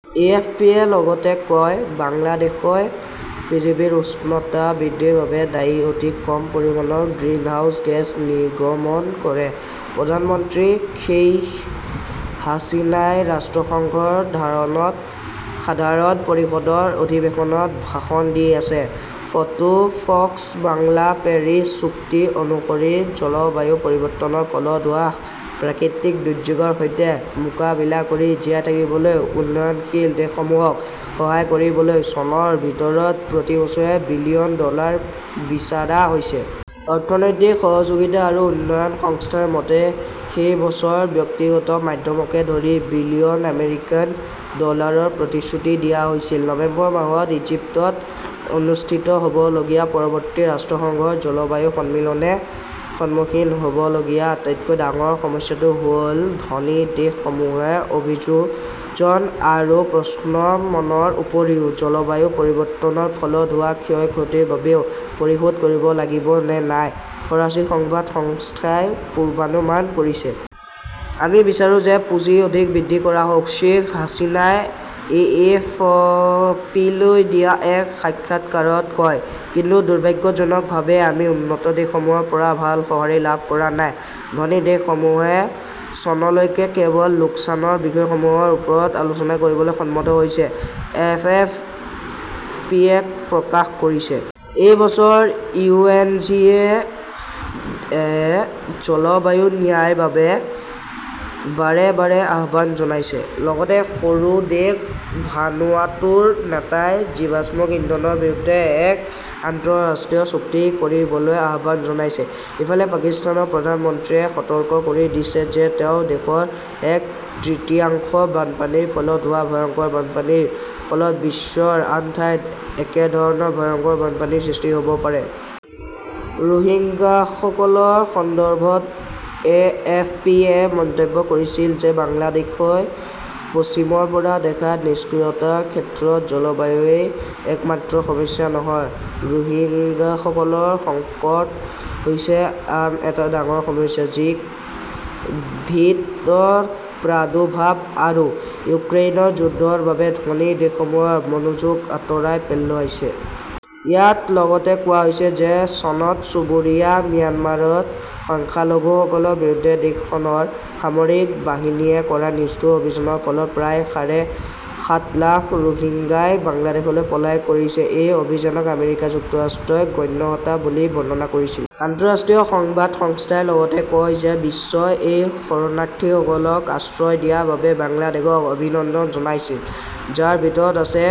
এ. F. P. -য়ে লগতে কয়, "বাংলাদেশই পৃথিৱীৰ উষ্ণতা বৃদ্ধিৰ বাবে দায়ী অতি কম পৰিমাণৰ গ্ৰিনহাউজ গেছ নিৰ্গমন কৰে। " "প্ৰধানমন্ত্ৰী শ্বেইখ হাছিনাই ৰাষ্ট্ৰসংঘৰ সাধাৰণ পৰিষদৰ অধিৱেশনত ভাষণ দি আছে। ফটোঃ ফ 'ক্স বাংলা পেৰিছ চুক্তি অনুসৰি, জলবায়ু পৰিৱৰ্তনৰ ফলত হোৱা প্ৰাকৃতিক দুৰ্যোগৰ সৈতে মোকাবিলা কৰি জীয়াই থাকিবলৈ উন্নয়নশীল দেশসমূহক সহায় কৰিবলৈ চনৰ ভিতৰত প্ৰতি বছৰে বিলিয়ন ডলাৰ বিচাৰা হৈছে। অৰ্থনৈতিক সহযোগিতা আৰু উন্নয়ন সংস্থাৰ মতে, সেই বছৰ ব্যক্তিগত মাধ্যমকে ধৰি বিলিয়ন আমেৰিকান ডলাৰৰ প্ৰতিশ্ৰুতি দিয়া হৈছিল। নৱেম্বৰ মাহত ইজিপ্তত অনুষ্ঠিত হ "বলগীয়া পৰৱৰ্তী ৰাষ্ট্ৰসংঘৰ জলবায়ু সন্মিলনে সন্মুখীন হ" বলগীয়া আটাইতকৈ ডাঙৰ সমস্যাটো হ "ল-ধনী দেশসমূহে অভিযোজন আৰু প্ৰশমনৰ উপৰিও জলবায়ু পৰিৱৰ্তনৰ ফলত হোৱা ক্ষয়-ক্ষতিৰ বাবেও পৰিশোধ কৰিব লাগিব নে নাই, ফৰাচী সংবাদ সংস্থাই পূৰ্বানুমান কৰিছে। "আমি বিচাৰো যে পুঁজি অধিক বৃদ্ধি কৰা হওক", শ্বেখ হাছিনাই এএফপিলৈ দিয়া এক সাক্ষাৎকাৰত কয়। কিন্তু, দুৰ্ভাগ্যজনকভাৱে আমি উন্নত দেশসমূহৰ পৰা ভাল সঁহাৰি লাভ কৰা নাই। "ধনী দেশসমূহে চনলৈকে কেৱল লোকচানৰ বিষয়সমূহৰ ওপৰত আলোচনা কৰিবলৈ সন্মত হৈছে", এএফপিয়ে প্ৰকাশ কৰিছে। এই বছৰ ইউ. এন. জি. এ. -য়ে জলবায়ু ন্যায়ৰ বাবে বাৰে বাৰে আহ্বান জনাইছে। লগতে সৰু দেশ ভানুৱাটুৰ নেতাই জীৱাশ্ম ইন্ধনৰ বিৰুদ্ধে এক আন্তঃৰাষ্ট্ৰীয় চুক্তি কৰিবলৈ আহ্বান জনাইছে। ইফালে, পাকিস্তানৰ প্ৰধানমন্ত্ৰীয়ে সতৰ্ক কৰি দিছে যে তেওঁৰ দেশৰ এক তৃতীয়াংশ বানপানীৰ ফলত হোৱা ভয়ংকৰ বানপানীৰ ফলত বিশ্বৰ আন ঠাইত একেধৰণৰ ভয়ংকৰ বানপানীৰ সৃষ্টি হ "ব পাৰে। ৰোহিংগাসকলৰ সন্দৰ্ভত এ. এফ. পি. -য়ে মন্তব্য কৰিছিল যে বাংলাদেশই পশ্চিমৰ পৰা দেখা নিষ্ক্ৰিয়তাৰ ক্ষেত্ৰত জলবায়ুৱেই একমাত্ৰ সমস্যা নহয়, ৰোহিংগাসকলৰ সংকট হৈছে আন এটা ডাঙৰ সমস্যা যি ক "ভিড- ৰ প্ৰাদুৰ্ভাৱ আৰু ইউক্ৰেইনৰ যুদ্ধৰ বাবে ধনী দেশসমূহৰ মনোযোগ আঁতৰাই পেলাইছে। ইয়াত লগতে কোৱা হৈছে যে চনত চুবুৰীয়া ম্যানমাৰত সংখ্যালঘুসকলৰ বিৰুদ্ধে দেশখনৰ সামৰিক বাহিনীয়ে কৰা নিষ্ঠুৰ অভিযানৰ ফলত প্ৰায় সাঢ়ে সাত লাখ ৰোহিংগাই বাংলাদেশলৈ পলায়ন কৰিছে। এই অভিযানক আমেৰিকা যুক্তৰাষ্ট্ৰই গণহত্যা বুলি বৰ্ণনা কৰিছিল। আন্তঃৰাষ্ট্ৰীয় সংবাদ সংস্থাই লগতে কয় যে বিশ্বই এই শৰণাৰ্থীসকলক আশ্ৰয় দিয়াৰ বাবে বাংলাদেশক অভিনন্দন জনাইছিল, যাৰ ভিতৰত আছে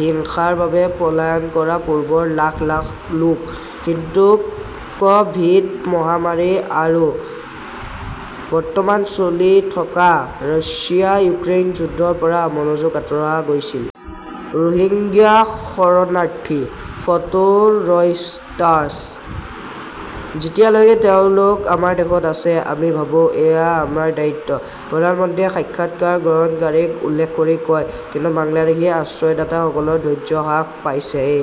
হিংসাৰ বাবে পলায়ন কৰা পূৰ্বৰ লাখ লোক। কিন্তু ক "ভিড- মহামাৰী আৰু বৰ্তমান চলি থকা ৰাছিয়া-ইউক্ৰেইন যুদ্ধৰ পৰা মনোযোগ আঁতৰি গৈছে। ৰোহিংগ্যা শৰণাৰ্থী। Photo Reuters. "যেতিয়ালৈকে তেওঁলোক আমাৰ দেশত আছে, আমি ভাবো, এয়া আমাৰ দায়িত্ব", প্ৰধানমন্ত্ৰীয়ে সাক্ষাৎকাৰ গ্ৰহণকাৰীক উল্লেখ কৰি কয়, কিন্তু বাংলাদেশী আশ্ৰয়দাতাসকলৰ ধৈৰ্য্য হ্ৰাস পাইছে। এ.